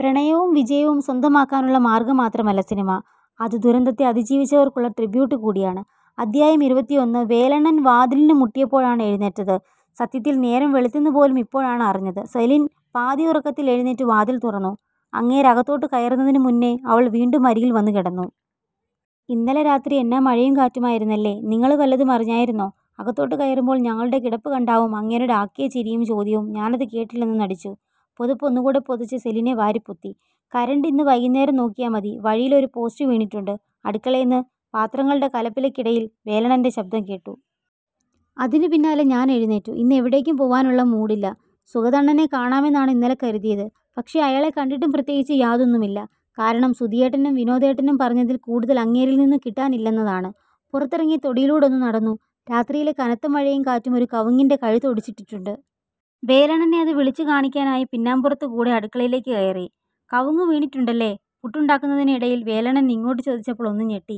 പ്രണയവും വിജയവും സ്വന്തമാക്കാനുള്ള മാർഗം മാത്രമല്ല സിനിമ; അത് ദുരന്തത്തെ അതിജീവിച്ചവർക്കുള്ള ട്രിബ്യൂട്ട് കൂടിയാണ് അധ്യായം: ഇരുപത്തിയൊന്ന് വേലണ്ണൻ വാതിലിനു മുട്ടിയപ്പോഴാണ് എഴുന്നേറ്റത്. സത്യത്തിൽ നേരം വെളുത്തെന്നു പോലും ഇപ്പോഴാണ് അറിഞ്ഞത്. സെലിൻ പാതിയുറക്കത്തിൽ എഴുന്നേറ്റു വാതിൽ തുറന്നു, അങ്ങേര് അകത്തോട്ട് കയറുന്നതിനു മുന്നെ അവൾ വീണ്ടും അരികിൽവന്നു കിടന്നു. "ഇന്നലെ രാത്രി എന്നാ മഴയുംകാറ്റുമായിരുന്നല്ലേ? നിങ്ങള് വല്ലതും അറിഞായിരുന്നോ? അകത്തോട്ടു കയറുമ്പോൾ ഞങ്ങളുടെ കിടപ്പുകണ്ടാവും അങ്ങേരുടെ ആക്കിയ ചിരിയും ചോദ്യവും ഞാനതു കേട്ടില്ലെന്നു നടിച്ചു. പുതപ്പ് ഒന്നുകൂടെ പുതച്ച് സെലിനെ വാരിപ്പൊത്തി. "കരണ്ട് ഇന്ന് വൈകുന്നേരം നോക്കിയാ മതി. വഴീലൊരു പോസ്റ്റ് വീണിട്ടുണ്ട്" അടുക്കേളേന്ന് പാത്രങ്ങളുടെ കലപിലക്കിടയിൽ വേലണ്ണന്റെ ശബ്ദം കേട്ടു. അതിനു പിന്നാലെ ഞാൻ എഴുന്നേറ്റു. ഇന്ന് എവിടേക്കും പോവാനുള്ള മൂഡില്ല. സുഗതണ്ണനെ കാണാമെന്നാണു ഇന്നലെ കരുതിയത്. പക്ഷേ. അയാളെ കണ്ടിട്ടും പ്രത്യേകിച്ച് യാതൊന്നുമില്ല. കാരണം, സുധിയേട്ടനും വിനോദേട്ടനും പറഞ്ഞതിൽ കൂടുതൽ അങ്ങേരിൽ നിന്നും കിട്ടാനില്ലെന്നതാണ്. പുറത്തിറങ്ങി തൊടിയിലൂടൊന്നു നടന്നു. രാത്രിയിലെ കനത്ത മഴയും കാറ്റും ഒരു കവുങ്ങിന്റ കഴുത്ത് ഒടിച്ചിട്ടിട്ടുണ്ട്. വേലണ്ണനെയതു വിളിച്ചു കാണിക്കാനായി പിന്നാമ്പുറത്തു കൂടെ അടുക്കളയിലേക്ക് കയറി. "കവുങ്ങ് വീണിട്ടുണ്ടല്ലേ? " പുട്ട് ഉണ്ടാക്കുന്നതിന് ഇടയിൽ വേലണ്ണൻ ഇങ്ങോട്ടു ചോദിച്ചപ്പോൾ ഒന്നു ഞെട്ടി.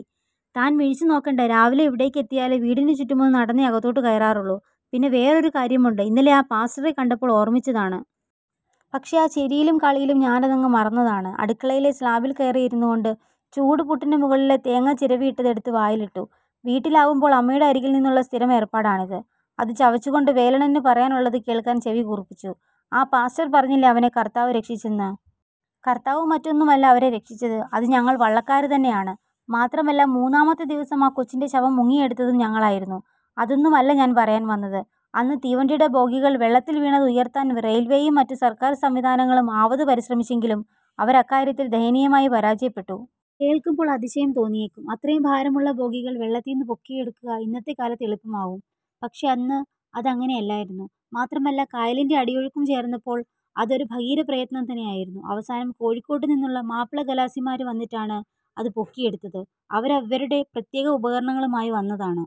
"താൻ മിഴിച്ചുനോക്കണ്ട. രാവിലെ ഇവിടേക്ക് എത്തിയാല് വീടിനു ചുറ്റുമൊന്നു നടന്നേ അകത്തോട്ടു കയറാറുള്ളൂ. പിന്നെ വേറൊരു കാര്യമുണ്ട്. ഇന്നലെ ആ പാസ്റ്ററെ കണ്ടപ്പോൾ ഓർമിച്ചതാണ്. പക്ഷേ, ആ ചിരിയിലും കളിയിലും ഞാനതങ്ങു മറന്നതാണ്" അടുക്കളയിലെ സ്ലാബിൽ കയറി ഇരുന്നുകൊണ്ട്, ചൂടു പുട്ടിനു മുകളിലെ തേങ്ങ ചിരവിയിട്ടത് എടുത്ത് വായിലിട്ടു. വീട്ടിലാവുമ്പോൾ അമ്മയുടെ അരികിൽ നിന്നുള്ള സ്ഥിരം ഏർപ്പാടാണിത്. അതു ചവച്ചുകൊണ്ട് വേലണ്ണനു പറയാനുള്ളതു കേൾക്കാൻ ചെവികൂർപ്പിച്ചു. "ആ പാസ്റ്റർ പറഞ്ഞില്ലേ അവനെ കർത്താവു രക്ഷിച്ചെന്ന്. കർത്താവും മറ്റുമൊന്നുമല്ല അവരെ രരക്ഷിച്ചത്. അതു ഞങ്ങൾ വള്ളക്കാര് തന്നെയാണ്. മാത്രമല്ല, മൂന്നാമത്തെ ദിവസം ആ കൊച്ചിന്റെ ശവം മുങ്ങിയെടുത്തതും ഞങ്ങളായിരുന്നു. അതൊന്നുമല്ല ഞാൻ പറയാൻ വന്നത്. അന്ന് തീവണ്ടീടെ ബോഗികൾ വെള്ളത്തിൽ വീണത് ഉയർത്താൻ റെയിൽവേയും മറ്റു സർക്കാർ സംവിധാനങ്ങളും ആവതു പരിശ്രമിച്ചെങ്കിലും അവര് അക്കാര്യത്തിൽ ദയനീയമായി പരാജയപ്പെട്ടു. കേൾക്കുമ്പോൾ അതിശയം തോന്നിയേക്കും. അത്രേം ഭാരമുള്ള ബോഗികൾ വെള്ളത്തീന്നു പൊക്കിയെടുക്കുക ഇന്നത്തെ കാലത്ത് എളുപ്പമാവും. പക്ഷേ, അന്ന് അതങ്ങിനെയല്ലായിരുന്നു. മാത്രമല്ല കായലിന്റെ അടിയൊഴുക്കും ചേർന്നപ്പോൾ അതൊരു ഭഗീരപ്രയ്തനം തന്നെ ആയിരുന്നു. അവസാനം കോഴിക്കോടു നിന്നുള്ള മാപ്പിളഖലാസിമാര് വന്നിട്ടാണ് അതു പൊക്കിയെടുത്തത്. അവര്, അവരുടെ പ്രത്യേകം ഉപകരണങ്ങളുമായി വന്നതാണ്.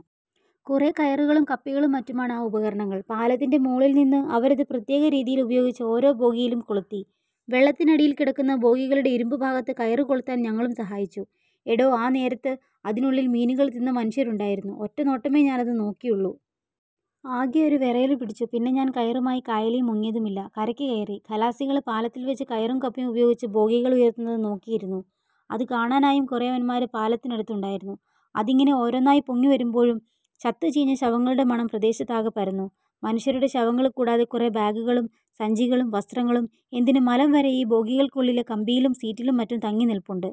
കുറേ കയറുകളും കപ്പികളും മറ്റുമാണ് ആ ഉപകരണങ്ങൾ. പാലത്തിന്റെ മോളിൽ നിന്ന്, അവരതു പ്രത്യേകരീതിയിൽ ഉപയോഗിച്ച് ഓരോ ബോഗിയിലും കൊളുത്തി. വെള്ളത്തിനടിയിൽ കിടക്കുന്ന ബോഗികളുടെ ഇരുമ്പു ഭാഗത്ത് കയറ് കൊളുത്താൻ ഞങ്ങളുും സഹായിച്ചു. എടോ ആ നേരത്ത്, അതിനുള്ളിൽ മീനുകള് തിന്ന മനുഷ്യരുണ്ടായിരുന്നു. ഒറ്റനോട്ടമേ ഞാനതു നോക്കിയുള്ളൂ. ആകെയൊരു വെറയലുപിടിച്ചു. പിന്നെ ഞാൻ കയറുമായി കായലീ മുങ്ങിയതുമില്ല. കരയ്ക് കയറി, ഖലാസികള് പാലത്തിൽവെച്ച് കയറും കപ്പിയും ഉപയോഗിച്ച് ബോഗികൾ ഉയർത്തുന്നതു നോക്കി ഇരുന്നു. അതുകാണാനായും കുറേയവന്മാര് പാലത്തിനടുത്ത് ഉണ്ടായിരുന്നു. അതിങ്ങനെ ഓരോന്നായി പൊങ്ങിവരുമ്പോഴും ചത്തു ചീഞ്ഞ ശവങ്ങളുടെ മണം പ്രദേശത്താകെ പരന്നു. മനുഷ്യരുടെ ശവങ്ങള് കൂടാതെ കുറേ ബാഗുകളും സഞ്ചികളും വസ്ത്രങ്ങളും എ ന്തിനു മലം വരെ ഈ ബോഗികൾക്കുള്ളിലെ കമ്പിയിലും സീറ്റിലും മറ്റും തങ്ങി നിൽപ്പുണ്ട്.